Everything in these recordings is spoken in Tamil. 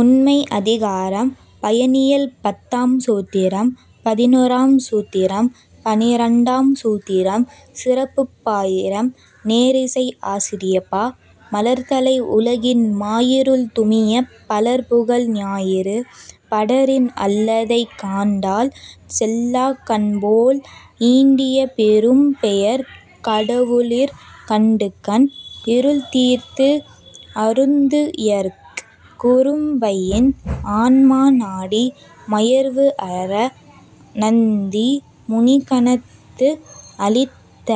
உண்மை அதிகாரம்: பயனியல் பத்தாம் சூத்திரம் பதினொறாம் சூத்திரம் பனிரண்டாம் சூத்திரம். சிறப்புப் பாயிரம் நேரிசை ஆசிரியப்பா மலர்தலை உலகின் மாயிருள் துமியப் பலர்புகழ் ஞாயிறு படரின் அல்லதைக் காண்டல் செல்லாக் கண்போல் ஈண்டிய பெரும்பெயர்க் கடவுளிற் கண்டுகண் இருள்தீர்த்து அருந்துயர்க் குரம்பையின் ஆன்மா நாடி மயர்வுஅற நந்தி முனிகணத்து அளித்த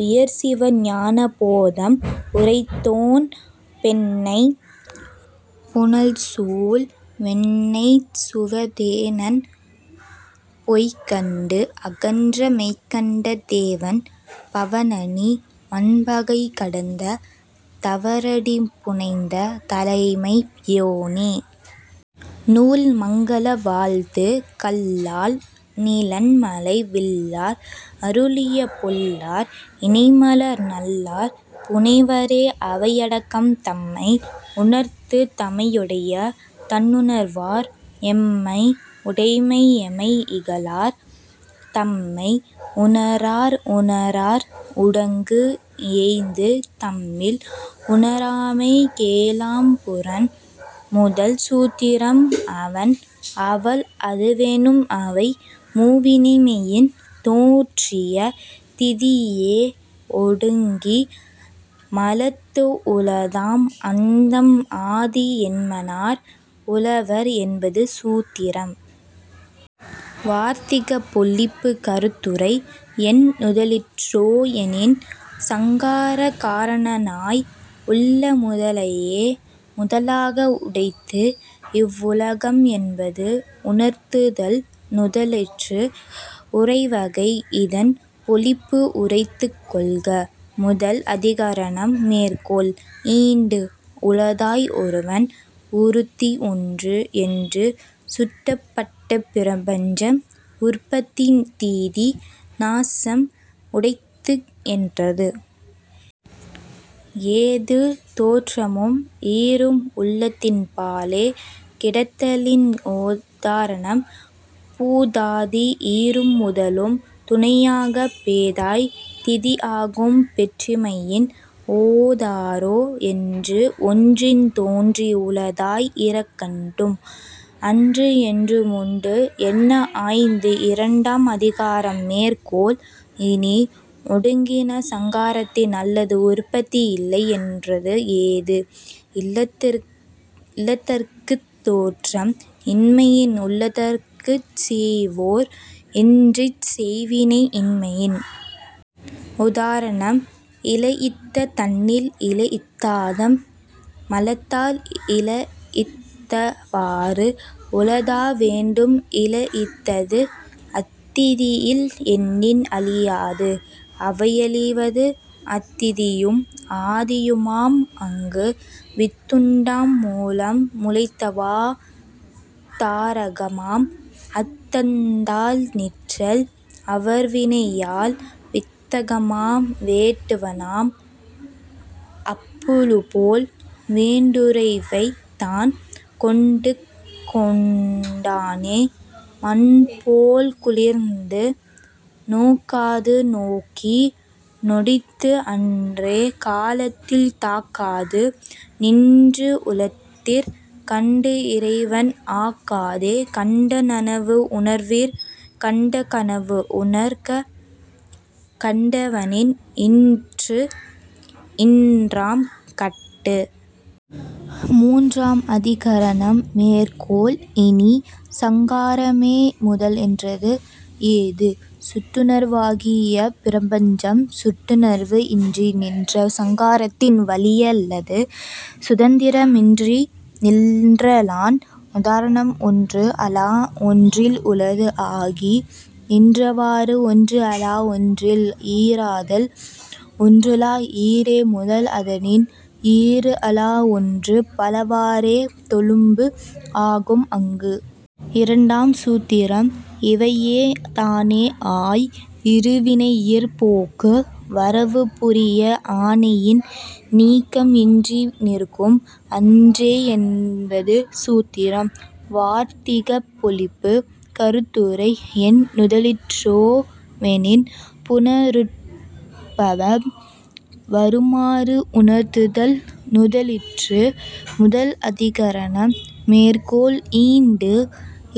உயர்சிவ ஞான போதம் உரைத்தோன் பெண்ணைப் புனல்சூழ் வெண்ணெய்ச் சுவதேனன் பொய்கண்டு அகன்ற மெய்கண்ட தேவன் பவநனி வன்பகை கடந்த தவரடி புனைந்த தலைமை யோனே. நூல் மங்கல வாழ்த்து கல்லால் நிழன்மலை வில்லார் அருளிய பொல்லார் இணைமலர் நல்லார் புணைவரே அவையடக்கம் தம்மை உணர்ந்து தமையுடைய தன்னுணர்வார் எம்மை உடைமை எமை இகழார்--- தம்மை உணரார் உணரார் உடங்குஇயைந்து தம்மில் புணராமை கேளாம் புறன் முதல் சூத்திரம் அவன் அவள் அதுவெனும் அவை மூவினைமையின் தோற்றிய திதியே ஒடுங்கி மலத்து உளதாம் அந்தம் ஆதி என்மனார் புலவர் என்பது சூத்திரம். வார்த்திகப் பொழிப்பு கருத்துரை: என் நுதலிற்றோ எனின், சங்கார காரணனாய் உள்ள முதலையே முதலாக உடைத்து இவ்வுலகம்என்பது உணர்த்துதல் நுதலிற்று. உரைவகை: இதன் பொழிப்பு உரைத்துக் கொள்க.. முதல் அதிகரணம் மேற்கோள்: ஈண்டு, உளதாய் ஒருவன் ஒருத்தி ஒன்று என்று சுட்டப்பட்ட பிரபஞ்சம் உற்பத்தி திதி நாசம் உடைத்துஎன்றது. ஏது: தோற்றமும் ஈறும் உள்ளதின்பாலே கிடத்தலின் உதாரணம்: பூதாதி ஈறும் முதலும் துணையாக பேதாய்! திதி ஆகும் பெற்றிமையின்- ஓதாரோ ஒன்று ஒன்றின் தோன்றி உளதாய் இறக்கண்டும் அன்றுஎன்றும் உண்டு என்ன ஆய்ந்து.. இரண்டாம் அதிகாரம் மேற்கோள்: இனி, ஒடுங்கின சங்காரத்தின் அல்லது உற்பத்தி இல்லை என்றது ஏது: இல்லதற்குத் தோற்றம் இன்மையின், உள்ளதற்குச் செய்வோர் இன்றிச் செய்வினை இன்மையின். உதாரணம். இலயித்த தன்னில் இலயித்தாதாம் மலத்தால் இலயித்தவாறு உளதா வேண்டும்_ இலயித்தது அத்திதியில் என்னின் அழியாது அவையழிவது அத்திதியும் ஆதியுமாம் அங்கு. வித்துண்டாம் மூலம் முளைத்தவா தாரகமாம் அத்தன்தாள் நிற்றல் அவர்வினையால்- வித்தகமாம் வேட்டுவனாம் அப்புழுபோல் வேண்டுருவைத் தான் கொடுத்துக் கூட்டானே மண்போல் குளிர்ந்து. நோக்காது நோக்கி நொடித்து அன்றே காலத்தில் தாக்காது நின்று உளத்திற் கண்டு இறைவன் -- ஆக்காதே கண்ட நனவு உணர்விற் கண்ட கனவு உணரக் கண்டவனின் இற்று இன்றாம் கட்டு.. மூன்றாம் அதிகரணம் மேற்கோள்: இனி, சங்காரமே முதல் என்றது. ஏது: சுட்டுணர்வாகிய பிரபஞ்சம் சுட்டுணர்வு இன்றி நின்ற சங்காரத்தின் வழியல்லது சுதந்திரமின்றிநின்றலான். உதாரணம்: ஒன்று அலா ஒன்றில் உளது ஆகி நின்றவாறு ஒன்று அலா ஒன்றில் ஈறாதல் _-- ஒன்றலா ஈறே முதல் அதனின் ஈறு அலா ஒன்று பல வாறே தொழும்பு ஆகும் அங்கு. இரண்டாம் சூத்திரம் இவையே தானே ஆய், இரு வினையிற் போக்கு வரவு புரிய ஆணையின் நீக்கம் இன்றி நிற்கும் அன்றே என்பது சூத்திரம். வார்த்திகப் பொழிப்பு கருத்துரை: என் நுதலிற்றோவெனின், புனருற்பவம் வருமாறு உணர்த்துதல் நுதலிற்று.. முதல் அதிகரணம் மேற்கோள்: ஈண்டு,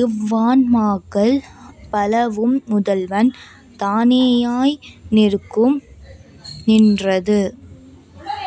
இவ்வான்மாக்கள் பலவும் முதல்வன் தானேயாய் நிற்கும் என்றது.